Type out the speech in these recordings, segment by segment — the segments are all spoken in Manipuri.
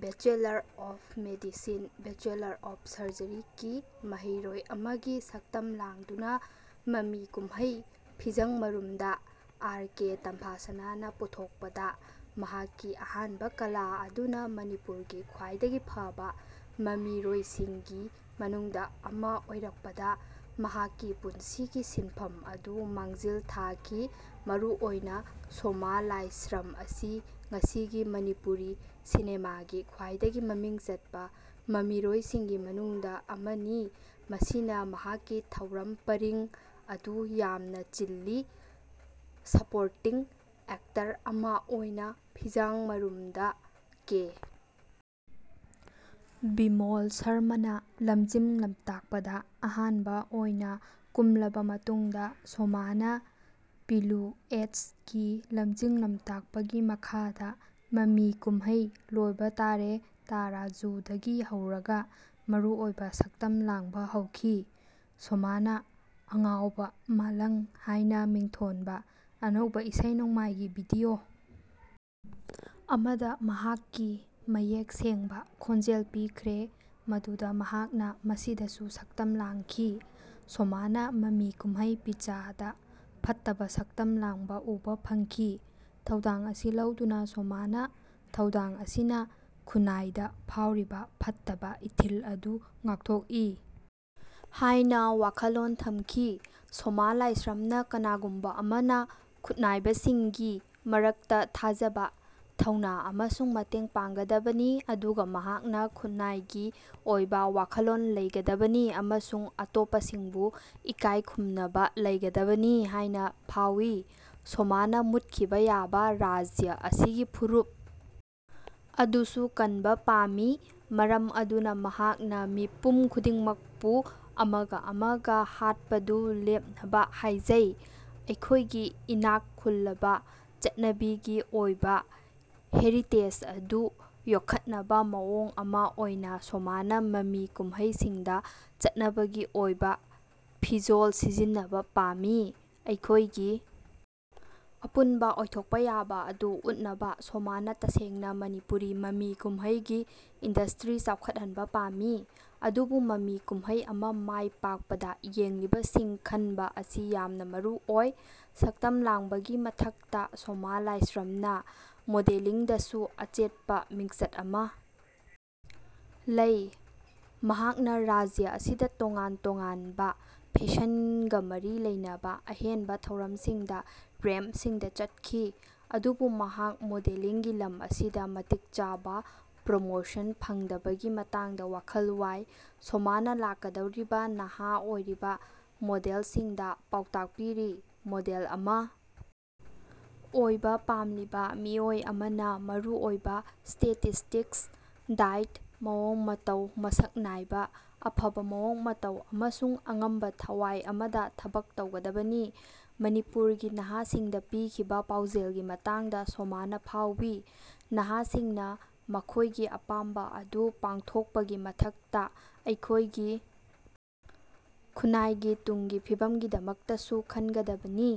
Bachelor of medicine, bachelor of surgery ꯀꯤ ꯃꯍꯩꯔꯣꯏ ꯑꯃꯒꯤ ꯁꯛꯇꯝ ꯂꯥꯡꯗꯨꯅ ꯃꯃꯤ ꯀꯨꯝꯍꯩ 'ꯐꯤꯖꯡ ꯃꯔꯨꯝꯗꯥ' (ꯑꯥꯔ. ꯀꯦ. ꯇꯝꯐꯥꯁꯅꯥꯅ ꯄꯨꯊꯣꯛꯄ)ꯗ ꯃꯍꯥꯛꯀꯤ ꯑꯍꯥꯟꯕ ꯀꯂꯥ ꯑꯗꯨꯅ ꯃꯅꯤꯄꯨꯔꯒꯤ ꯈ꯭ꯋꯥꯏꯗꯒꯤ ꯐꯕ ꯃꯃꯤꯔꯣꯏꯁꯤꯡꯒꯤ ꯃꯅꯨꯡꯗ ꯑꯃ ꯑꯣꯏꯔꯛꯄꯗ ꯃꯍꯥꯛꯀꯤ ꯄꯨꯟꯁꯤꯒꯤ ꯁꯤꯟꯐꯝ ꯑꯗꯨ ꯃꯥꯡꯖꯤꯜ ꯊꯥꯈꯤ꯫ ꯃꯔꯨꯑꯣꯏꯅ ꯁꯣꯃꯥ ꯂꯥꯏꯁ꯭ꯔꯝ ꯑꯁꯤ ꯉꯁꯤꯒꯤ ꯃꯅꯤꯄꯨꯔꯤ ꯁꯤꯅꯦꯃꯥꯒꯤ ꯈ꯭ꯋꯥꯏꯗꯒꯤ ꯃꯃꯤꯡ ꯆꯠꯄ ꯃꯃꯤꯔꯣꯏꯁꯤꯡꯒꯤ ꯃꯅꯨꯡꯗ ꯑꯃꯅꯤ ꯃꯁꯤꯅ ꯃꯍꯥꯛꯀꯤ ꯊꯧꯔꯝ ꯄꯔꯤꯡ ꯑꯗꯨ ꯌꯥꯝꯅ ꯆꯤꯜꯂꯤ꯫ ꯁꯄꯣꯔꯇꯤꯡ ꯑꯦꯛꯇꯔ ꯑꯃ ꯑꯣꯏꯅ 'ꯐꯤꯖꯥꯡ ꯃꯔꯨꯝꯗꯥ' (ꯀꯦ. ꯕꯤꯃꯣꯜ ꯁꯔꯃꯥꯅ ꯂꯝꯖꯤꯡ-ꯂꯝꯇꯥꯛꯄ)ꯗ ꯑꯍꯥꯟꯕ ꯑꯣꯏꯅ ꯀꯨꯝꯂꯕ ꯃꯇꯨꯡꯗ ꯁꯣꯃꯥꯅ ꯄꯤꯂꯨ ꯑꯦꯆ. ꯒꯤ ꯂꯝꯖꯤꯡ-ꯂꯝꯇꯥꯛꯄꯒꯤ ꯃꯈꯥꯗ ꯃꯃꯤ ꯀꯨꯝꯍꯩ 'ꯂꯣꯏꯕꯥ ꯇꯥꯔꯦ ꯇꯥ ꯔꯥꯖꯨ' ꯗꯒꯤ ꯍꯧꯔꯒ ꯃꯔꯨꯑꯣꯏꯕ ꯁꯛꯇꯝ ꯂꯥꯡꯕ ꯍꯧꯈꯤ꯫ ꯁꯣꯃꯥꯅ 'ꯑꯪꯒꯥꯎꯕꯥ ꯃꯥꯂꯡ' ꯍꯥꯏꯅ ꯃꯤꯡꯊꯣꯟꯕ ꯑꯅꯧꯕ ꯏꯁꯩ-ꯅꯣꯡꯃꯥꯏꯒꯤ ꯚꯤꯗꯤꯑꯣ ꯑꯃꯗ ꯃꯍꯥꯛꯀꯤ ꯃꯌꯦꯛ ꯁꯦꯡꯕ ꯈꯣꯟꯖꯦꯜ ꯄꯤꯈ꯭ꯔꯦ ꯃꯗꯨꯗ ꯃꯍꯥꯛꯅ ꯃꯁꯤꯗꯁꯨ ꯁꯛꯇꯝ ꯂꯥꯡꯈꯤ꯫ ꯁꯣꯃꯥꯅ ꯃꯃꯤ ꯀꯨꯝꯍꯩ 'ꯄꯤꯠꯖꯥ' ꯗ ꯐꯠꯇꯕ ꯁꯛꯇꯝ ꯂꯥꯡꯕ ꯎꯕ ꯐꯪꯈꯤ꯫ ꯊꯧꯗꯥꯡ ꯑꯁꯤ ꯂꯧꯗꯨꯅ ꯁꯣꯃꯥꯅ ꯊꯧꯗꯥꯡ ꯑꯁꯤꯅ ꯈꯨꯟꯅꯥꯏꯗ ꯐꯥꯎꯔꯤꯕ ꯐꯠꯇꯕ ꯏꯊꯤꯜ ꯑꯗꯨ ꯉꯥꯛꯊꯣꯛꯏ ꯍꯥꯏꯅ ꯋꯥꯈꯜꯂꯣꯟ ꯊꯝꯈꯤ꯫ ꯁꯣꯃꯥ ꯂꯥꯏꯁ꯭ꯔꯥꯝꯅ ꯀꯅꯥꯒꯨꯝꯕ ꯑꯃꯅ ꯈꯨꯠꯅꯥꯏꯕꯁꯤꯡꯒꯤ ꯃꯔꯛꯇ ꯊꯥꯖꯕ, ꯊꯧꯅꯥ ꯑꯃꯁꯨꯡ ꯃꯇꯦꯡ ꯄꯥꯡꯒꯗꯕꯅꯤ ꯑꯗꯨꯒ ꯃꯍꯥꯛꯅ ꯈꯨꯟꯅꯥꯏꯒꯤ ꯑꯣꯏꯕ ꯋꯥꯈꯜꯂꯣꯟ ꯂꯩꯒꯗꯕꯅꯤ ꯑꯃꯁꯨꯡ ꯑꯇꯣꯞꯄꯁꯤꯡꯕꯨ ꯏꯀꯥꯏ ꯈꯨꯝꯅꯕ ꯂꯩꯒꯗꯕꯅꯤ ꯍꯥꯏꯅ ꯐꯥꯎꯏ꯫ ꯁꯣꯃꯥꯅ ꯃꯨꯠꯈꯤꯕ ꯌꯥꯕ ꯔꯥꯖ꯭ꯌ ꯑꯁꯤꯒꯤ ꯐꯨꯔꯨꯞ ꯑꯗꯨꯁꯨ ꯀꯟꯕ ꯄꯥꯝꯃꯤ꯫ ꯃꯔꯝ ꯑꯗꯨꯅ ꯃꯍꯥꯛꯅ ꯃꯤꯄꯨꯝ ꯈꯨꯗꯤꯡꯃꯛꯄꯨ ꯑꯃꯒ ꯑꯃꯒ ꯍꯥꯠꯄꯗꯨ ꯂꯦꯞꯅꯕ ꯍꯥꯏꯖꯩ꯫ ꯑꯩꯈꯣꯏꯒꯤ ꯏꯅꯥꯛ ꯈꯨꯜꯂꯕ ꯆꯠꯅꯕꯤꯒꯤ ꯑꯣꯏꯕ ꯍꯦꯔꯤꯇꯦꯖ ꯑꯗꯨ ꯌꯣꯛꯈꯠꯅꯕ ꯃꯑꯣꯡ ꯑꯃ ꯑꯣꯏꯅ ꯁꯣꯃꯥꯅ ꯃꯃꯤ ꯀꯨꯝꯍꯩꯁꯤꯡꯗ ꯆꯠꯅꯕꯤꯒꯤ ꯑꯣꯏꯕ ꯐꯤꯖꯣꯜ ꯁꯤꯖꯤꯟꯅꯕ ꯄꯥꯝꯃꯤ꯫ ꯑꯩꯈꯣꯏꯒꯤ ꯑꯄꯨꯟꯕ ꯑꯣꯏꯊꯣꯛꯄ ꯌꯥꯕ ꯑꯗꯨ ꯎꯠꯅꯕ ꯁꯣꯃꯥꯅ ꯇꯁꯦꯡꯅ ꯃꯅꯤꯄꯨꯔꯤ ꯃꯃꯤ ꯀꯨꯝꯍꯩꯒꯤ ꯏꯟꯗꯁꯇ꯭ꯔꯤ ꯆꯥꯎꯈꯠꯍꯟꯕ ꯄꯥꯝꯃꯤ꯫ ꯑꯗꯨꯕꯨ ꯃꯃꯤ ꯀꯨꯝꯍꯩ ꯑꯃ ꯃꯥꯏ ꯄꯥꯛꯄꯗ ꯌꯦꯡꯂꯤꯕꯁꯤꯡ ꯈꯟꯕ ꯑꯁꯤ ꯌꯥꯝꯅ ꯃꯔꯨꯑꯣꯏ꯫ ꯁꯛꯇꯝ ꯂꯥꯡꯕꯒꯤ ꯃꯊꯛꯇ ꯁꯣꯃꯥ ꯂꯥꯏꯁ꯭ꯔꯝꯅ ꯃꯣꯗꯦꯂꯤꯡꯗꯁꯨ ꯑꯆꯦꯠꯄ ꯃꯤꯡꯆꯠ ꯑꯃ ꯂꯩ꯫ ꯃꯍꯥꯛꯅ ꯔꯥꯖ꯭ꯌ ꯑꯁꯤꯗ ꯇꯣꯉꯥꯟ-ꯇꯣꯉꯥꯟꯕ ꯐꯦꯁꯟꯒ ꯃꯔꯤ ꯂꯩꯅꯕ ꯑꯍꯦꯟꯕ ꯊꯧꯔꯝꯁꯤꯡꯗ ꯔꯦꯝꯞꯁꯤꯡꯗ ꯆꯠꯈꯤ꯫ ꯑꯗꯨꯕꯨ ꯃꯍꯥꯛ ꯃꯣꯗꯦꯂꯤꯡꯒꯤ ꯂꯝ ꯑꯁꯤꯗ ꯃꯇꯤꯛ ꯆꯥꯕ ꯄ꯭ꯔꯣꯃꯣꯁꯟ ꯐꯪꯗꯕꯒꯤ ꯃꯇꯥꯡꯗ ꯋꯥꯈꯜ ꯋꯥꯏ꯫ ꯁꯣꯃꯥꯅ ꯂꯥꯛꯀꯗꯧꯔꯤꯕ ꯅꯍꯥ ꯑꯣꯏꯔꯤꯕ ꯃꯣꯗꯦꯜꯁꯤꯡꯗ ꯄꯥꯎꯇꯥꯛ ꯄꯤꯔꯤ 'ꯃꯣꯗꯦꯜ ꯑꯃ ꯑꯣꯏꯕ ꯄꯥꯝꯂꯤꯕ ꯃꯤꯑꯣꯏ ꯑꯃꯅ ꯃꯔꯨꯑꯣꯏꯕ ꯁ꯭ꯇꯦꯇꯤꯁꯇꯤꯛꯁ, ꯗꯥꯏꯠ, ꯃꯑꯣꯡ-ꯃꯇꯧ, ꯃꯁꯛ ꯅꯥꯏꯕ, ꯑꯐꯕ ꯃꯑꯣꯡ ꯃꯇꯧ ꯑꯃꯁꯨꯡ ꯑꯉꯝꯕ ꯊꯋꯥꯏ ꯑꯃꯗ ꯊꯕꯛ ꯇꯧꯒꯗꯕꯅꯤ'꯫ ꯃꯅꯤꯄꯨꯔꯒꯤ ꯅꯍꯥꯁꯤꯡꯗ ꯄꯤꯈꯤꯕ ꯄꯥꯎꯖꯦꯜꯒꯤ ꯃꯇꯥꯡꯗ ꯁꯣꯃꯥꯅ ꯐꯥꯎꯋꯤ "ꯅꯍꯥꯁꯤꯡꯅ ꯃꯈꯣꯏꯒꯤ ꯑꯄꯥꯝꯕ ꯑꯗꯨ ꯄꯥꯡꯊꯣꯛꯄꯒꯤ ꯃꯊꯛꯇ, ꯑꯩꯈꯣꯏꯒꯤ ꯈꯨꯟꯅꯥꯏꯒꯤ ꯇꯨꯡꯒꯤ ꯐꯤꯕꯝꯒꯤꯗꯃꯛꯇꯁꯨ ꯈꯟꯒꯗꯕꯅꯤ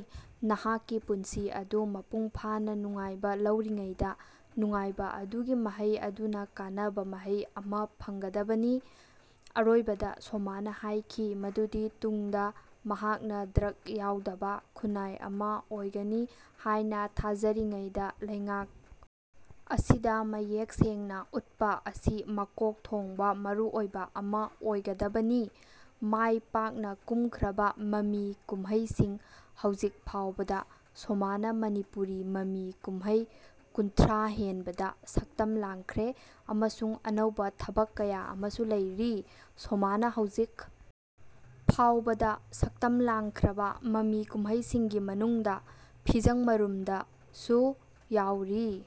ꯅꯍꯥꯛꯀꯤ ꯄꯨꯟꯁꯤ ꯑꯗꯨ ꯃꯄꯨꯡ ꯐꯥꯅ ꯅꯨꯡꯉꯥꯏꯕ ꯂꯧꯔꯤꯉꯩꯗ, ꯅꯨꯡꯉꯥꯏꯕ ꯑꯗꯨꯒꯤ ꯃꯍꯩ ꯑꯗꯨꯅ ꯀꯥꯟꯅꯕ ꯃꯍꯩ ꯑꯃ ꯐꯪꯒꯗꯕꯅꯤ"꯫ ꯑꯔꯣꯏꯕꯗ ꯁꯣꯃꯥꯅ ꯍꯥꯏꯈꯤ ꯃꯗꯨꯗꯤ ꯇꯨꯡꯗ ꯃꯍꯥꯛꯅ ꯗ꯭ꯔꯒ ꯌꯥꯎꯗꯕ ꯈꯨꯟꯅꯥꯏ ꯑꯃ ꯑꯣꯏꯒꯅꯤ ꯍꯥꯏꯅ ꯊꯥꯖꯔꯤꯉꯩꯗ ꯂꯩꯉꯥꯛ ꯑꯁꯤꯗ ꯃꯌꯦꯛ ꯁꯦꯡꯅ ꯎꯠꯄ ꯑꯁꯤ ꯃꯀꯣꯛ ꯊꯣꯡꯕ ꯃꯔꯨꯑꯣꯏꯕ ꯑꯃ ꯑꯣꯏꯒꯗꯕꯅꯤ꯫ ꯃꯥꯏ ꯄꯥꯛꯅ ꯀꯨꯝꯈ꯭ꯔꯕ ꯃꯃꯤ ꯀꯨꯝꯍꯩꯁꯤꯡ ꯍꯧꯖꯤꯛ ꯐꯥꯎꯕꯗ ꯁꯣꯃꯥꯅ ꯃꯅꯤꯄꯨꯔꯤ ꯃꯃꯤ ꯀꯨꯝꯍꯩ ꯀꯨꯟꯊ꯭ꯔꯥ ꯍꯦꯟꯕꯗ ꯁꯛꯇꯝ ꯂꯥꯡꯈ꯭ꯔꯦ ꯑꯃꯁꯨꯡ ꯑꯅꯧꯕ ꯊꯕꯛ ꯀꯌꯥ ꯑꯃꯁꯨ ꯂꯩꯔꯤ꯫ ꯁꯣꯃꯥꯅ ꯍꯧꯖꯤꯛ ꯐꯥꯎꯕꯗ ꯁꯛꯇꯝ ꯂꯥꯡꯈ꯭ꯔꯕ ꯃꯃꯤ ꯀꯨꯝꯍꯩꯁꯤꯡꯒꯤ ꯃꯅꯨꯡꯗ "ꯐꯤꯖꯡ ꯃꯔꯨꯝꯗ" ꯁꯨ ꯌꯥꯎꯔꯤ꯫